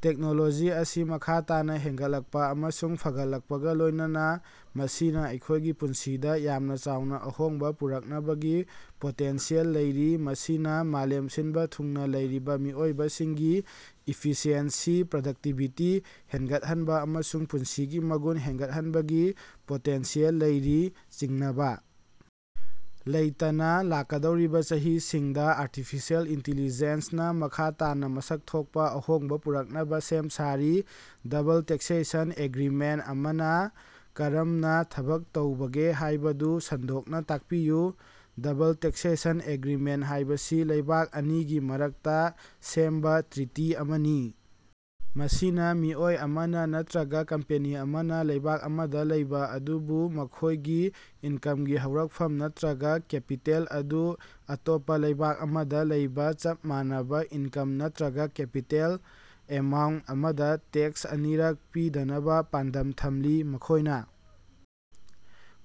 Technology ꯑꯁꯤ ꯃꯈꯥ ꯇꯥꯅ ꯍꯦꯟꯒꯠꯂꯛꯄ ꯑꯃꯁꯨꯡ ꯐꯒꯠꯂꯛꯄꯒ ꯂꯣꯌꯅꯅ ꯃꯁꯤꯅ ꯑꯩꯈꯣꯏꯒꯤ ꯄꯨꯟꯁꯤꯗ ꯌꯥꯝꯅ ꯆꯥꯎꯅ ꯑꯍꯣꯡꯕ ꯄꯨꯔꯛꯅꯕꯒꯤ ꯄꯣꯇꯦꯟꯁꯤꯌꯦꯜ ꯂꯩꯔꯤ꯫ ꯃꯁꯤꯅ ꯃꯥꯂꯦꯝ ꯁꯤꯟꯕ ꯊꯨꯡꯅ ꯂꯩꯔꯤꯕ ꯃꯤꯑꯣꯏꯁꯤꯡꯒꯤ ꯏꯐꯤꯁꯤꯑꯦꯟꯁꯤ, ꯄ꯭ꯔꯗꯛꯇꯤꯚꯤꯇꯤ ꯍꯦꯟꯒꯠꯍꯟꯕ ꯑꯃꯁꯨꯡ ꯄꯨꯟꯁꯤꯒꯤ ꯃꯒꯨꯟ ꯍꯦꯟꯒꯠꯍꯟꯕꯒꯤ ꯄꯣꯇꯦꯟꯁꯤꯌꯦꯜ ꯂꯩꯔꯤ꯫ ꯆꯤꯡꯅꯕ ꯂꯩꯇꯅ, ꯂꯥꯛꯀꯗꯧꯔꯤꯕ ꯆꯍꯤꯁꯤꯡꯗ ꯑꯥꯔꯇꯤꯐꯤꯁꯤꯌꯦꯜ ꯏꯟꯇꯦꯂꯤꯖꯦꯟꯁꯅ ꯃꯈꯥ ꯇꯥꯅ ꯃꯁꯛ ꯊꯣꯛꯄ ꯑꯍꯣꯡꯕ ꯄꯨꯔꯛꯅꯕ ꯁꯦꯝ ꯁꯥꯔꯤ꯫ ꯗꯕꯜ ꯇꯦꯛꯁꯦꯁꯟ ꯑꯦꯒ꯭ꯔꯤꯃꯦꯟꯇ ꯑꯃꯅ ꯀꯔꯝꯅ ꯊꯕꯛ ꯇꯧꯕꯒꯦ ꯍꯥꯏꯕꯗꯨ ꯁꯟꯗꯣꯛꯅ ꯇꯥꯛꯄꯤꯌꯨ꯫ ꯗꯕꯜ ꯇꯦꯛꯁꯦꯁꯟ ꯑꯦꯒ꯭ꯔꯤꯃꯦꯟꯇ ꯍꯥꯏꯕꯁꯤ ꯂꯩꯕꯥꯛ ꯑꯅꯤꯒꯤ ꯃꯔꯛꯇ ꯁꯦꯝꯕ ꯇ꯭ꯔꯤꯇꯤ ꯑꯃꯅꯤ꯫ ꯃꯁꯤꯅ ꯃꯤꯑꯣꯏ ꯑꯃꯅ ꯅꯠꯇ꯭ꯔꯒ ꯀꯝꯄꯦꯅꯤ ꯑꯃꯅ ꯂꯩꯕꯥꯛ ꯑꯃꯗ ꯂꯩꯕ ꯑꯗꯨꯕꯨ ꯃꯈꯣꯏꯒꯤ ꯏꯟꯀꯝꯒꯤ ꯍꯧꯔꯛꯐꯝ ꯅꯠꯇ꯭ꯔꯒ ꯀꯦꯄꯤꯇꯦꯜ ꯑꯗꯨ ꯑꯇꯣꯞꯄ ꯂꯩꯕꯥꯛ ꯑꯃꯗ ꯂꯩꯕ, ꯆꯞ ꯃꯥꯟꯅꯕ ꯏꯟꯀꯝ ꯅꯠꯇ꯭ꯔꯒ ꯀꯦꯄꯤꯇꯦꯜ ꯑꯦꯃꯥꯎꯟꯇ ꯑꯃꯗ ꯇꯦꯛꯁ ꯑꯅꯤꯔꯛ ꯄꯤꯗꯅꯕ ꯄꯥꯟꯗꯝ ꯊꯝꯂꯤ꯫ ꯃꯈꯣꯏꯅ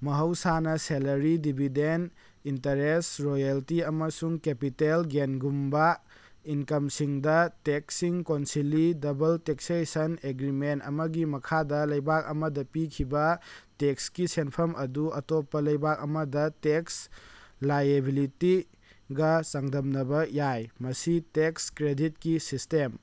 ꯃꯍꯧꯁꯥꯅ ꯁꯦꯂꯔꯤ, ꯗꯤꯕꯤꯗꯦꯟꯗ, ꯏꯟꯇꯔꯦꯁꯠ, ꯔꯣꯌꯦꯜꯇꯤ, ꯑꯃꯁꯨꯡ ꯀꯦꯄꯤꯇꯦꯜ ꯒꯦꯟꯒꯨꯝꯕ ꯏꯟꯀꯝꯁꯤꯡꯗ ꯇꯦꯛꯁꯁꯤꯡ ꯀꯣꯟꯁꯤꯜꯂꯤ꯫ ꯗꯕꯜ ꯇꯦꯛꯁꯦꯁꯟ ꯑꯦꯒ꯭ꯔꯤꯃꯦꯟꯇ ꯑꯃꯒꯤ ꯃꯈꯥꯗ ꯂꯩꯕꯥꯛ ꯑꯃꯗ ꯄꯤꯈꯤꯕ ꯇꯦꯛꯁꯀꯤ ꯁꯦꯟꯐꯝ ꯑꯗꯨ ꯑꯇꯣꯞꯄ ꯂꯩꯕꯥꯛ ꯑꯃꯗ ꯇꯦꯛꯁ ꯂꯥꯏꯑꯦꯕꯤꯂꯤꯇꯤꯒ ꯆꯥꯡꯗꯝꯅꯕ ꯌꯥꯏ꯫ ꯃꯁꯤ ꯇꯦꯛꯁ ꯀ꯭ꯔꯦꯗꯤꯠꯀꯤ ꯁꯤꯁꯇꯦꯝ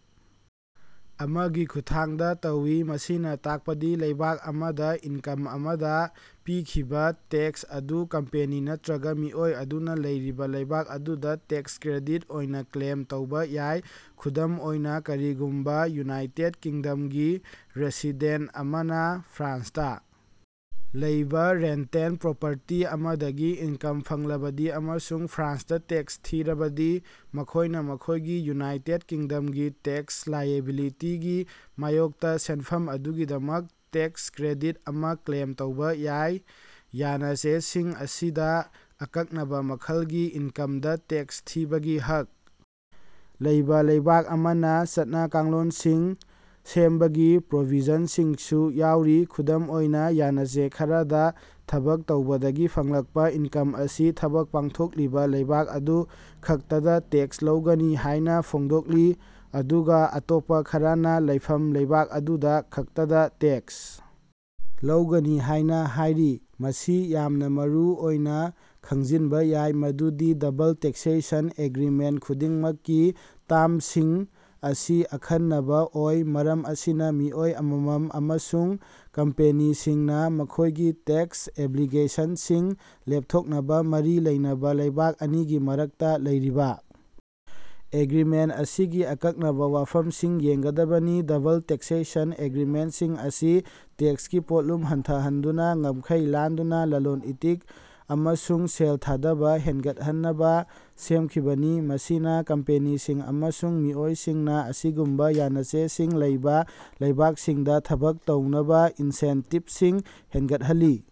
ꯑꯃꯒꯤ ꯈꯨꯠꯊꯥꯡꯗ ꯇꯧꯏ꯫ ꯃꯁꯤꯅ ꯇꯥꯛꯄꯗꯤ ꯂꯩꯕꯥꯛ ꯑꯃꯗ ꯏꯟꯀꯝ ꯑꯃꯗ ꯄꯤꯈꯤꯕ ꯇꯦꯛꯁ ꯑꯗꯨ ꯀꯝꯄꯦꯅꯤ ꯅꯠꯇ꯭ꯔꯒ ꯃꯤꯑꯣꯏ ꯑꯗꯨꯅ ꯂꯩꯔꯤꯕ ꯂꯩꯕꯥꯛ ꯑꯗꯨꯗ ꯇꯦꯛꯁ ꯀ꯭ꯔꯦꯗꯤꯠ ꯑꯣꯏꯅ ꯀ꯭ꯂꯦꯝ ꯇꯧꯕ ꯌꯥꯏ꯫ ꯈꯨꯗꯝ ꯑꯣꯏꯅ, ꯀꯔꯤꯒꯨꯝꯕ ꯌꯨꯅꯥꯏꯇꯦꯗ ꯀꯤꯡꯗꯝꯒꯤ ꯔꯦꯁꯤꯗꯦꯟꯇ ꯑꯃꯅ ꯐ꯭ꯔꯥꯟꯁꯇ ꯂꯩꯕ ꯔꯦꯟꯇꯜ ꯄ꯭ꯔꯣꯄꯔꯇꯤ ꯑꯃꯗꯒꯤ ꯏꯟꯀꯝ ꯐꯪꯂꯕꯗꯤ ꯑꯃꯁꯨꯡ ꯐ꯭ꯔꯥꯟꯁꯇ ꯇꯦꯛꯁ ꯊꯤꯔꯕꯗꯤ ꯃꯈꯣꯏꯅ ꯃꯈꯣꯏꯒꯤ ꯌꯨꯅꯥꯏꯇꯦꯗ ꯀꯤꯡꯗꯝꯒꯤ ꯇꯦꯛꯁ ꯂꯥꯏꯑꯦꯕꯤꯂꯤꯇꯤꯒꯤ ꯃꯥꯌꯣꯛꯇ ꯁꯦꯟꯐꯝ ꯑꯗꯨꯒꯤꯗꯃꯛ ꯇꯦꯛꯁ ꯀ꯭ꯔꯦꯗꯤꯠ ꯑꯃ ꯀ꯭ꯂꯦꯝ ꯇꯧꯕ ꯌꯥꯏ꯫ ꯌꯥꯅꯆꯦꯁꯤꯡ ꯑꯁꯤꯗ ꯑꯀꯛꯅꯕ ꯃꯈꯜꯒꯤ ꯏꯟꯀꯝꯗ ꯇꯦꯛꯁ ꯊꯤꯕꯒꯤ ꯍꯛ ꯂꯩꯕ ꯂꯩꯕꯥꯛ ꯑꯃꯅ ꯆꯠꯅ-ꯀꯥꯡꯂꯣꯟꯁꯤꯡ ꯁꯦꯝꯕꯒꯤ ꯄ꯭ꯔꯣꯕꯤꯖꯟꯁꯤꯡꯁꯨ ꯌꯥꯎꯔꯤ꯫ ꯈꯨꯗꯝ ꯑꯣꯏꯅ, ꯌꯥꯅꯆꯦ ꯈꯔꯗ ꯊꯕꯛ ꯇꯧꯕꯗꯒꯤ ꯐꯪꯂꯛꯄ ꯏꯟꯀꯝ ꯑꯁꯤ ꯊꯕꯛ ꯄꯥꯡꯊꯣꯛꯂꯤꯕ ꯂꯩꯕꯥꯛ ꯑꯗꯨ ꯈꯛꯇꯗ ꯇꯦꯛꯁ ꯂꯧꯒꯅꯤ ꯍꯥꯏꯅ ꯐꯣꯡꯗꯣꯛꯂꯤ ꯑꯗꯨꯒ ꯑꯇꯣꯞꯄ ꯈꯔꯅ ꯂꯩꯐꯝ ꯂꯩꯕꯥꯛ ꯑꯗꯨꯗ ꯈꯛꯇꯗ ꯇꯦꯛꯁ ꯂꯧꯒꯅꯤ ꯍꯥꯏꯅ ꯍꯥꯏꯔꯤ꯫ ꯃꯁꯤ ꯌꯥꯝꯅ ꯃꯔꯨꯑꯣꯏꯅ ꯈꯪꯖꯤꯟꯕ ꯌꯥꯏ ꯃꯗꯨꯗꯤ ꯗꯕꯜ ꯇꯦꯛꯁꯦꯁꯟ ꯑꯦꯒ꯭ꯔꯤꯃꯦꯟꯇ ꯈꯨꯗꯤꯡꯃꯛꯀꯤ ꯇꯔꯝꯁꯤꯝꯡ ꯑꯁꯤ ꯑꯈꯟꯅꯕ ꯑꯣꯏ꯫ ꯃꯔꯝ ꯑꯁꯤꯅ ꯃꯤꯑꯣꯏ ꯑꯃꯃꯝ ꯑꯃꯁꯨꯡ ꯀꯝꯄꯦꯅꯤꯁꯤꯡꯅ ꯃꯈꯣꯏꯒꯤ ꯇꯦꯛꯁ ꯑꯣꯕ꯭ꯂꯤꯒꯦꯁꯟꯁꯤꯡ ꯂꯦꯞꯊꯣꯛꯅꯕ ꯃꯔꯤ ꯂꯩꯅꯕ ꯂꯩꯕꯥꯛ ꯑꯅꯤꯒꯤ ꯃꯔꯛꯇ ꯂꯩꯔꯤꯕ ꯑꯦꯒ꯭ꯔꯤꯃꯦꯟꯇ ꯑꯁꯤꯒꯤ ꯑꯀꯛꯅꯕ ꯋꯥꯐꯝꯁꯤꯡ ꯌꯦꯡꯒꯗꯕꯅꯤ꯫ ꯗꯕꯜ ꯇꯦꯛꯁꯦꯁꯟ ꯑꯦꯒ꯭ꯔꯤꯃꯦꯟꯇꯁꯤꯡ ꯑꯁꯤ ꯇꯦꯛꯁꯀꯤ ꯄꯣꯠꯂꯨꯝ ꯍꯟꯊꯍꯟꯗꯨꯅ ꯉꯝꯈꯩ ꯂꯥꯟꯗꯨꯅ ꯂꯂꯣꯟ-ꯏꯇꯤꯛ ꯑꯃꯁꯨꯡ ꯁꯦꯜ ꯊꯥꯙꯕ ꯍꯦꯟꯒꯠꯍꯟꯅꯕ ꯁꯦꯝꯈꯤꯕꯅꯤ꯫ ꯃꯁꯤꯅ ꯀꯝꯄꯦꯅꯤꯁꯤꯡ ꯑꯃꯁꯨꯡ ꯃꯤꯑꯣꯏꯁꯤꯡꯅ ꯑꯁꯤꯒꯨꯝꯕ ꯌꯥꯅꯆꯦꯁꯤꯡ ꯂꯩꯕ ꯂꯩꯕꯥꯛꯁꯤꯡꯗ ꯊꯕꯛ ꯇꯧꯅꯕ ꯏꯟꯁꯦꯟꯇꯤꯚꯁꯤꯡ ꯍꯦꯟꯒꯠꯍꯜꯂꯤ꯫